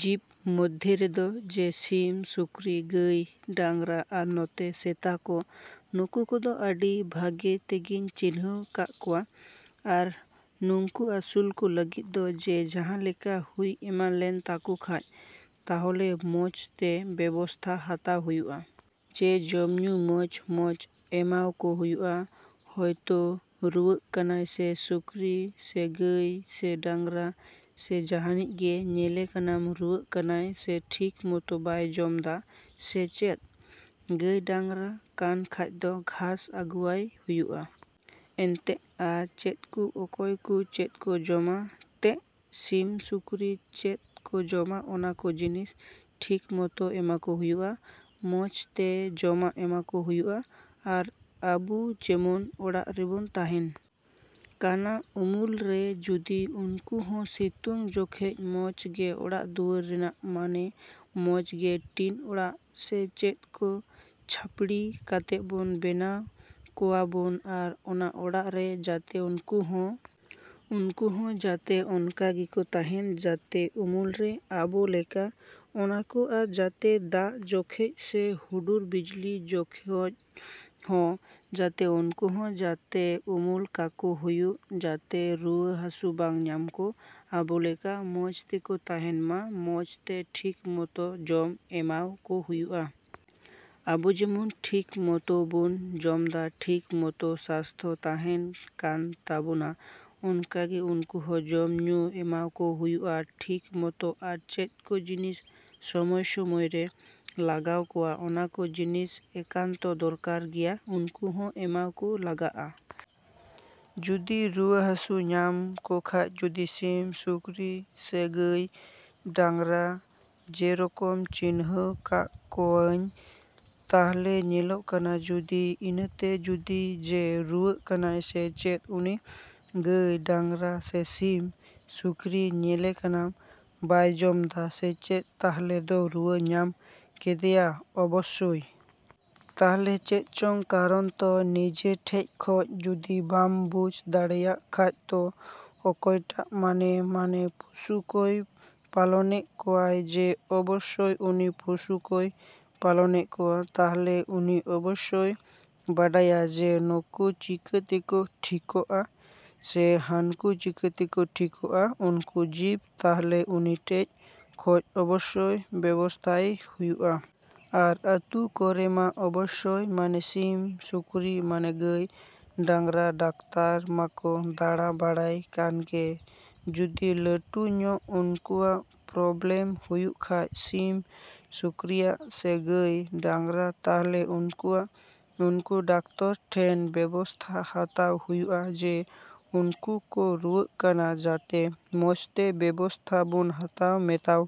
ᱡᱤᱵᱽ ᱢᱚᱫᱽᱫᱷᱮ ᱨᱮᱫᱚ ᱡᱮ ᱥᱤᱢ, ᱥᱩᱠᱨᱤ, ᱜᱟᱹᱭ, ᱰᱟᱝᱨᱟ ᱟᱨ ᱱᱚᱛᱮ ᱥᱮᱛᱟ ᱠᱚ ᱱᱩᱠᱩ ᱠᱚᱫᱚ ᱟᱹᱰᱤ ᱵᱷᱟᱜᱮ ᱛᱮᱜᱤᱧ ᱪᱤᱱᱦᱟᱹᱣ ᱠᱟᱜ ᱠᱚᱣᱟ᱾ ᱟᱨ ᱱᱩᱝᱠᱩ ᱟᱹᱥᱩᱞ ᱠᱚ ᱞᱟᱹᱜᱤᱫ ᱫᱚ ᱡᱮ ᱡᱟᱦᱟᱸ ᱞᱮᱠᱟ ᱦᱩᱭ ᱮᱢᱟᱱ ᱞᱮᱱ ᱛᱟᱠᱚ ᱠᱷᱟᱡ ᱛᱟᱦᱚᱞᱮ ᱢᱚᱡᱽ ᱛᱮ ᱵᱮᱵᱚᱥᱛᱷᱟ ᱦᱟᱛᱟᱣ ᱦᱩᱭᱩᱜ-ᱟ᱾ ᱡᱮ ᱡᱚᱢ ᱧᱩ ᱢᱚᱡᱽ ᱢᱚᱡᱽ ᱮᱢᱟᱣ ᱠᱚ ᱦᱩᱭᱩᱜ-ᱟ᱾ ᱦᱚᱭᱛᱳ ᱨᱩᱣᱟᱹᱜ ᱠᱟᱱᱟᱭ ᱥᱮ ᱥᱩᱠᱨᱤ, ᱥᱮ ᱜᱟᱹᱭ, ᱥᱮ ᱰᱟᱝᱨᱟ, ᱥᱮ ᱡᱟᱦᱟᱱᱤᱡ ᱜᱮ ᱧᱮᱞᱮ ᱠᱟᱱᱟᱢ ᱨᱩᱣᱟᱹᱜ ᱠᱟᱱᱟᱭ ᱥᱮ ᱴᱷᱤᱠ ᱢᱚᱛᱳ ᱵᱟᱭ ᱡᱚᱢᱫᱟ ᱥᱮ ᱪᱮᱫ? ᱜᱟᱹᱭ ᱰᱟᱝᱨᱟ ᱠᱟᱱ ᱠᱷᱟᱡ ᱫᱚ ᱜᱷᱟᱥ ᱟᱹᱜᱩᱣᱟᱭ ᱦᱩᱭᱩᱜ-ᱟ᱾ ᱮᱱᱛᱮᱜ ᱟᱨ ᱪᱮᱫᱠᱩ ᱚᱠᱚᱭ ᱠᱩ ᱪᱮᱫ ᱠᱚ ᱡᱚᱢᱟ ᱛᱮᱜ ᱥᱤᱢ ᱥᱩᱠᱨᱤ ᱪᱮᱫ ᱠᱚ ᱡᱚᱢᱟ ᱚᱱᱟ ᱠᱚ ᱡᱤᱱᱤᱥ ᱴᱷᱤᱠ ᱢᱚᱛᱳ ᱮᱢᱟ ᱠᱚ ᱦᱩᱭᱩᱜ-ᱟ᱾ ᱢᱚᱡᱽ ᱛᱮ ᱡᱚᱢᱟᱜ ᱮᱢᱟᱠᱚ ᱦᱩᱭᱩᱜ-ᱟ᱾ ᱟᱨ ᱟᱹᱵᱩ ᱡᱮᱢᱚᱱ ᱚᱲᱟᱜ ᱨᱮᱵᱚᱱ ᱛᱟᱦᱮᱱ ᱠᱟᱱᱟ ᱩᱢᱩᱞ ᱨᱮ ᱡᱩᱫᱤ ᱩᱱᱠᱩ ᱦᱚᱸ ᱥᱤᱛᱩᱝ ᱡᱚᱠᱷᱚᱡ ᱢᱚᱡᱽ ᱜᱮ ᱚᱲᱟᱜ ᱫᱩᱣᱟᱹᱨ ᱨᱮᱱᱟᱜ ᱢᱟᱱᱮ ᱢᱚᱡᱽ ᱜᱮ ᱴᱤᱱ ᱚᱲᱟᱜ ᱥᱮ ᱪᱮᱫ ᱠᱚ ᱪᱷᱟᱯᱲᱤ ᱠᱟᱛᱮᱜ ᱵᱚᱱ ᱵᱮᱱᱟᱣ ᱠᱚᱣᱟᱵᱚᱱ ᱟᱨ ᱚᱱᱟ ᱚᱲᱟᱜ ᱨᱮ ᱡᱟᱛᱮ ᱩᱱᱠᱩ ᱦᱚᱸ ᱩᱱᱠᱩ ᱦᱚᱸ ᱡᱟᱛᱮ ᱚᱱᱠᱟ ᱜᱮᱠᱚ ᱛᱟᱦᱮᱱ ᱡᱟᱛᱮ ᱩᱢᱩᱞ ᱨᱮ ᱟᱵᱚ ᱞᱮᱠᱟ ᱚᱱᱟᱠᱚ ᱟᱨ ᱡᱟᱛᱮ ᱫᱟᱜ ᱡᱚᱠᱷᱚᱡ ᱥᱮ ᱦᱩᱰᱩᱨ ᱵᱤᱡᱽᱞᱤ ᱡᱚᱠᱷᱚᱡ ᱦᱚᱸ ᱡᱟᱛᱮ ᱩᱱᱠᱩ ᱦᱚᱸ ᱡᱟᱛᱮ ᱩᱢᱩᱞ ᱠᱟᱠᱚ ᱦᱩᱭᱩᱜ ᱡᱟᱛᱮ ᱨᱩᱣᱟᱹ ᱦᱟᱹᱥᱩ ᱵᱟᱝ ᱧᱟᱢ ᱠᱚ ᱟᱵᱚ ᱞᱮᱠᱟ ᱢᱚᱡᱽ ᱛᱮᱠᱚ ᱛᱟᱦᱮᱱ ᱟᱨ ᱢᱚᱡᱽ ᱛᱮ ᱴᱷᱤᱠ ᱢᱚᱛᱳ ᱡᱚᱢ ᱮᱢᱟᱣ ᱠᱚ ᱦᱩᱭᱩᱜ-ᱟ᱾ ᱟᱵᱚ ᱡᱮᱢᱚᱱ ᱴᱷᱤᱠ ᱢᱚᱛᱳ ᱵᱚᱱ ᱡᱚᱢᱫᱟ ᱴᱷᱤᱠ ᱢᱚᱛᱳ ᱥᱟᱥᱛᱷᱚ ᱛᱟᱦᱮᱱ ᱠᱟᱱ ᱛᱟᱵᱳᱱᱟ ᱚᱱᱠᱟᱜᱮ ᱩᱱᱠᱩ ᱦᱚᱸ ᱡᱚᱢ ᱧᱩ ᱮᱢᱟᱣ ᱠᱚ ᱦᱩᱭᱩᱜ-ᱟ ᱴᱷᱤᱠ ᱢᱚᱛᱚ ᱟᱨ ᱪᱮᱫ ᱠᱚ ᱡᱤᱱᱤᱥ ᱥᱚᱢᱚᱭ ᱥᱚᱢᱚᱭ ᱨᱮ ᱞᱟᱜᱟᱣ ᱠᱚᱣᱟ ᱚᱱᱟ ᱠᱚ ᱡᱤᱱᱤᱥ ᱮᱠᱟᱱᱛᱚ ᱫᱚᱨᱠᱟᱨ ᱜᱮᱭᱟ ᱩᱱᱠᱩ ᱦᱚᱸ ᱮᱢᱟᱣ ᱠᱚ ᱞᱟᱜᱟᱜ-ᱟ᱾ ᱡᱩᱫᱤ ᱨᱩᱣᱟᱹ ᱦᱟᱹᱥᱩ ᱧᱟᱢ ᱠᱚᱠᱷᱟᱡ ᱡᱩᱫᱤ ᱥᱤᱢ, ᱥᱩᱠᱨᱤ ᱥᱮ ᱜᱟᱹᱭ, ᱰᱟᱝᱨᱟ ᱡᱮᱨᱚᱠᱚᱢ ᱪᱤᱱᱦᱟᱹᱣ ᱠᱟᱜ ᱠᱚᱣᱟᱧ ᱛᱟᱦᱞᱮ ᱧᱮᱞᱚᱜ ᱠᱟᱱᱟ ᱡᱩᱫᱤ ᱤᱱᱟᱹᱛᱮ ᱡᱩᱫᱤ ᱡᱮ ᱨᱩᱣᱟᱹᱜ ᱠᱟᱱᱟᱭ ᱥᱮ ᱪᱮᱫ ᱩᱱᱤ ᱜᱟᱹᱭ, ᱰᱟᱝᱨᱟ ᱥᱮ ᱥᱤᱢ, ᱥᱩᱠᱨᱤ ᱧᱮᱞᱮ ᱠᱟᱱᱟᱢ ᱵᱟᱭ ᱡᱚᱢᱫᱟ ᱥᱮ ᱪᱮᱫ ᱛᱟᱦᱞᱮ ᱫᱚ ᱨᱩᱣᱟᱹ ᱧᱟᱢ ᱠᱮᱫᱮᱭᱟ ᱚᱵᱚᱥᱥᱳᱭ᱾ ᱛᱟᱦᱞᱮ ᱪᱮᱫ ᱪᱚᱝ ᱠᱟᱨᱚᱱ ᱛᱚ ᱱᱤᱡᱮ ᱴᱷᱮᱡ ᱠᱷᱚᱡ ᱡᱩᱫᱤ ᱵᱟᱢ ᱵᱩᱡᱽ ᱫᱟᱲᱮᱭᱟᱜ ᱠᱷᱟᱡ ᱛᱚ ᱚᱠᱚᱭᱴᱟᱜ ᱢᱟᱱᱮ ᱢᱟᱱᱮ ᱯᱚᱥᱩ ᱠᱚᱭ ᱯᱟᱞᱚᱱᱮᱜ ᱠᱚᱣᱟᱭ ᱡᱮ ᱚᱵᱚᱥᱥᱚᱭ ᱩᱱᱤ ᱯᱚᱥᱩ ᱠᱚᱭ ᱯᱟᱞᱚᱱᱮᱜ ᱠᱚᱣᱟ ᱛᱟᱦᱞᱮ ᱩᱱᱤ ᱚᱵᱚᱥᱥᱚᱭ ᱵᱟᱰᱟᱭᱟ ᱡᱮ ᱱᱩᱠᱩ ᱪᱤᱠᱟ ᱛᱮᱠᱚ ᱴᱷᱤᱠᱚᱜ-ᱟ ᱥᱮ ᱦᱟᱹᱱᱠᱩ ᱪᱤᱠᱟ ᱛᱮᱠᱚ ᱴᱷᱤᱠᱚᱜ-ᱟ ᱩᱱᱠᱩ ᱡᱤᱵᱽ ᱛᱟᱦᱞᱮ ᱩᱱᱤ ᱴᱷᱮᱡ ᱠᱷᱚᱡ ᱚᱵᱚᱥᱥᱚᱭ ᱵᱮᱵᱚᱥᱛᱷᱟᱭ ᱦᱩᱭᱩᱜ-ᱟ᱾ ᱟᱨ ᱟᱹᱛᱩ ᱠᱚᱨᱮ ᱢᱟ ᱚᱵᱚᱥᱥᱚᱭ ᱢᱟᱱᱮ ᱥᱤᱢ, ᱥᱩᱠᱨᱤ, ᱢᱟᱱᱮ ᱜᱟᱹᱭ, ᱰᱟᱝᱨᱟ ᱰᱟᱠᱛᱟᱨ ᱢᱟᱠᱚ ᱫᱟᱬᱟ ᱵᱟᱲᱟᱭ ᱠᱟᱱᱜᱮ ᱡᱩᱫᱤ ᱞᱟᱹᱴᱩ ᱧᱚᱜ ᱩᱱᱠᱩᱣᱟᱜ ᱯᱨᱚᱵᱞᱮᱢ ᱦᱩᱭᱩᱜ ᱠᱷᱟᱡ ᱥᱤᱢ, ᱥᱩᱠᱨᱤᱭᱟᱜ ᱥᱮ ᱜᱟᱹᱭ, ᱰᱟᱝᱨᱟ ᱛᱟᱦᱞᱮ ᱩᱱᱠᱩᱣᱟᱜ ᱩᱱᱠᱩ ᱰᱟᱠᱛᱚᱨ ᱴᱷᱮᱱ ᱵᱮᱵᱚᱥᱛᱷᱟ ᱦᱟᱛᱟᱣ ᱦᱩᱭᱩᱜ-ᱟ ᱡᱮ ᱩᱱᱠᱩ ᱠᱚ ᱨᱩᱣᱟᱹᱜ ᱠᱟᱱᱟ ᱡᱟᱛᱮ ᱢᱚᱡᱽᱛᱮ ᱵᱮᱵᱚᱥᱛᱷᱟ ᱵᱚᱱ ᱦᱟᱛᱟᱣ ᱢᱮᱛᱟᱣ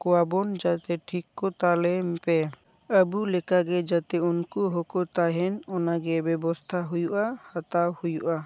ᱠᱚᱣᱟᱵᱚᱱ ᱡᱟᱛᱮ ᱴᱷᱤᱠ ᱠᱚ ᱛᱟᱞᱮ ᱯᱮ᱾ ᱟᱹᱵᱩ ᱞᱮᱠᱟᱜᱮ ᱡᱟᱛᱮ ᱩᱱᱠᱩ ᱦᱚᱸᱠᱚ ᱛᱟᱦᱮᱱ ᱚᱱᱟᱜᱮ ᱵᱮᱵᱚᱥᱛᱷᱟ ᱦᱩᱭᱩᱜ-ᱟ ᱦᱟᱛᱟᱣ ᱦᱩᱭᱩᱜ-ᱟ᱾